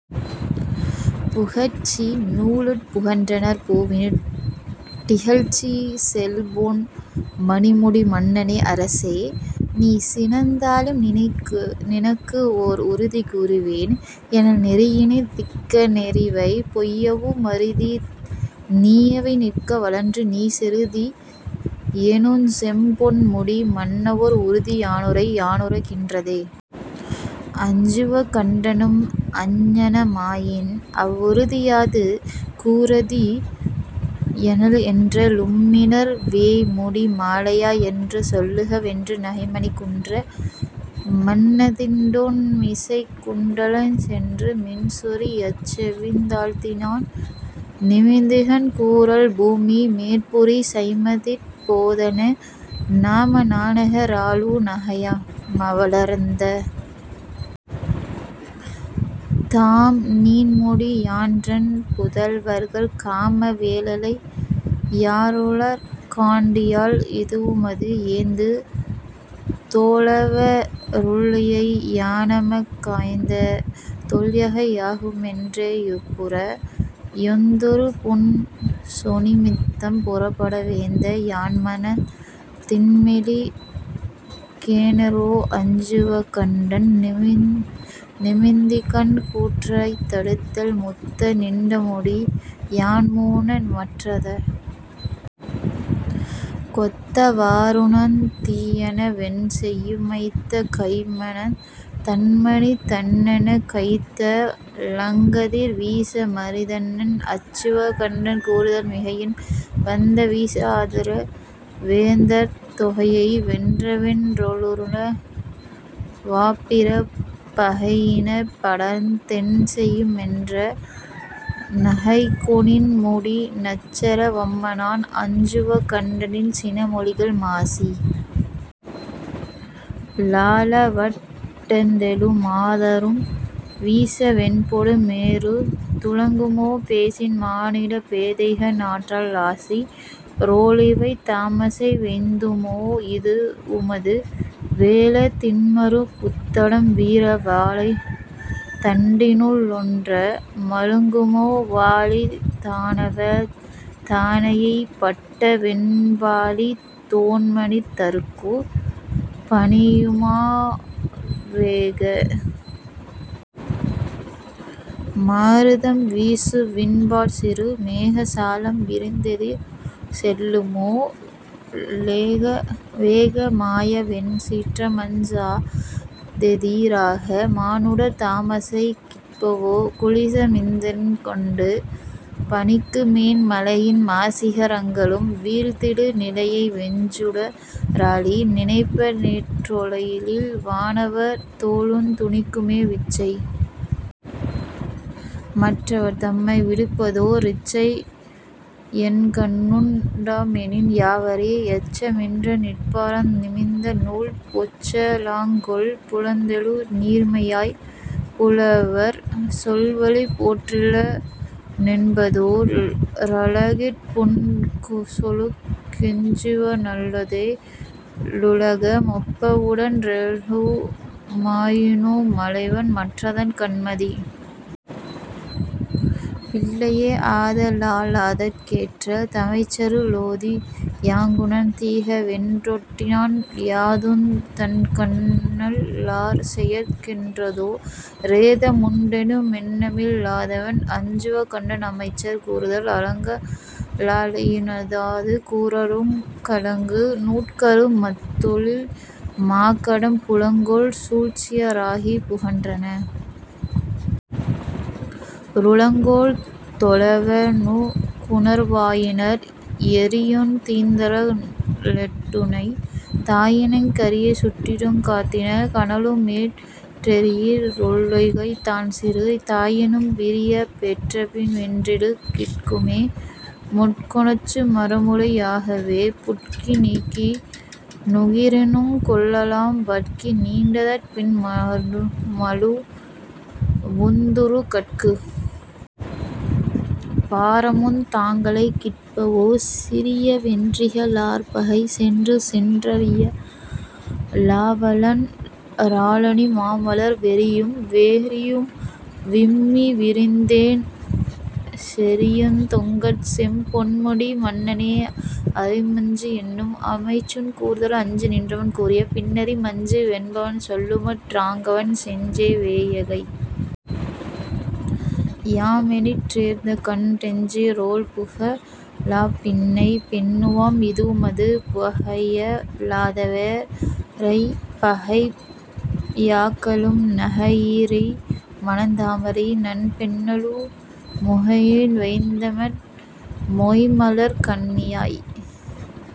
புகழ்ச்சி நூலுட் புகன்றனர் பூவினுட் டிகழ்ச்சி செல்பொன் மணிமுடி மன்னனே அரசே! நீ சினந்தாலும் நினக்கு ஓர் உறுதி கூறுவேன் எனல் நெறியி னீதிக்க னேரிவை யொப்பவு மறிதி நீயவை நிற்க வழன்று நீ செறுதி யேனுஞ்செம் பொன்முடி மன்னவோர் உறுதி யானுரைப் பானுறு கின்றதே அச்சுவக்கண்டனும் அங்ஙனமாயின் அவ்வுறுதி யாது கூறுதி எனல் என்ற லும்மிணர் வேய்முடி மாலையா னன்று சொல்லுக வென்று நகைமணிக் குன்ற மன்னதிண் டோ ண்மிசைக் குண்டலஞ் சென்று மின்சொரி யச்செவி தாழ்த்தினான் நிமித்திகன் கூறல் பூமி மேற்புரி சைம்மதிற் போதன நாம நன்னக ராளு நகைமலர்த் தாம நீண்முடி யான்றன் புதல்வர்கள் காம வேளனை யாருளர் காண்டியால் இதுவுமது ஏந்து தோளவ ருள்ளிளை யானமக் காய்ந்த தொல்பகை யாகுமென் றேயுறப் போந்தொர் புன்சொ னிமித்தம் புறப்பட வேந்த யான்மனத் தின்மெலி கேனரோ அச்சுவக்கண்டன் நிமித்திகன் கூற்றைத் தடுத்தல் முத்த நிண்முடி யான்மூன்ன மற்றதற் கொத்த வாறுணர்ந் தீயென வென்செயு மைத்த கைமனத் தன்மணித் தன்னெனக் கைத்த லங்கதிர் வீச மறித்தனன் அச்சுவக்கண்டன் கூறுதல் மிகையின் வந்தவிச் சாதர வேந்தர்தந் தொகையை வென்றவென் றோளுள வாப்பிற பகையி னிப்படர்ந் தென்செயு மென்றன னகைகொ ணீண்முடி நச்சர வம்மனான் அச்சுவக்கண்டனின் சினமொழிகள் மாசி லாலவட் டத்தெழு மாதரும் வீச விண்டொடு மேருத் துளங்குமோ பேசின் மானிடப் பேதைக ளாற்றலா லாசி றோளிவை தாமசை வெய்துமோ இதுவுமது வேழத் தின்மருப் புத்தடம் வீறுவ வாழைத் தண்டினு ளூன்ற மழுங்குமோ வாழித் தானவர் தானையை யட்டவென் பாழித் தோள்மனித் தர்க்குப் பணியுமோ வேக மாருதம் வீசவிண் பாற்சிறு மேக சாலம் விரிந்தெதிர் செல்லுமோ வேக மாயவென் சீற்றமஞ் சாதெதி ராக மானுடர் தாமசை கிற்பவோ குலிச மிந்திரன் கொண்டு பணிக்கு மேன் மலையின் மாசிக ரங்களும் வீழ்த்திடு நிலைய வெஞ்சுட ராழி நினைப்பனேற் றொலைவில் வானவர் தோளுந் துணிக்குமே விச்சை மற்றவர் தம்மை விடுப்பதோ ரிச்சை யென்கணுண் டாமெனின் யாவரே யச்ச மின்றி நிற் பாரந் நிமித்த நூல் பொச்ச லாங்கொல் புலந் தெழு நீர்மையாய் புலவர் சொல்வழி போற்றில னென்பதோ ரலகிற் புன்சொலுக் கெஞ்சுவ னல்லதே லுலக மொப்ப வுடன்றெழு மாயினு மலைவன் மற்றதன் கண்மதிப் பில்லையே ஆத லாலாதற் கேற்ற தமைச்சர்க ளோதி யாங்குணர்ந் தீகவென் றொட்டினான் யாதுந் தன்கணல் லார்செயற் கேன்றதோ ரேத முண்டெனு மெண்ணமில் லாதவன் அச்சுவக் கண்டன் அமைச்சர் கூறுதல் அலங்க லாழியி னானது கூறலுங் கலங்கு நூற்கரு மத்தொழின் மாக்கடம் புலங்கொள் சூழ்ச்சிய ராகிப் புகன்றன ருலங்கொள் தோளவ னுக்குணர் வாயினார் எரியுந் தீத்திர ளெட்டுணைத் தாயினுங் கரியச் சுட்டிடுங் காந்திக் கனலுமேற் றெரியிற் றொல்பகை தான்சிறி தாயினும் விரியப் பெற்றபின் வென்றிடு கிற்குமே முட்கொணச்சு மரமுளை யாகவே யுட்கி நீக்கி னுகிரினுங் கொல்லலாம் வட்கி நீண்டதற் பின் மழு வுந்தறு கட்கு டாரமுந் தாங்களை கிற்பவோ சிறிய வென்றிக ழார்பகை சென்றுசென் றறிய லாவவன் றாலணி மாமலர் வெறியும் வேரியும் விம்மி விரிந்துதேன் செறியுந் தொங்கற்செம் பொன்முடி மன்னனே அரிமஞ்சு என்னும் அமைச்சன் கூறுதல் அஞ்சி நின்றவர் கூறிய பின்னரி மஞ்சு வென்பவன் சொல்லுமற் றாங்கவன் செஞ்செ வேபகை யாமெனிற் றேர்ந்துகண் டெஞ்சி றொல்புக ழாய்பின்னை யெண்ணுவாம் இதுவுமது பகைய லாதவ ரைப்பகை யாக்கலும் நகையி றீமனத் தாமரை நண் பெண்ணலு முகையின் வேய்ந்தமென் மொய்ம்மலர்க் கண்ணியாய்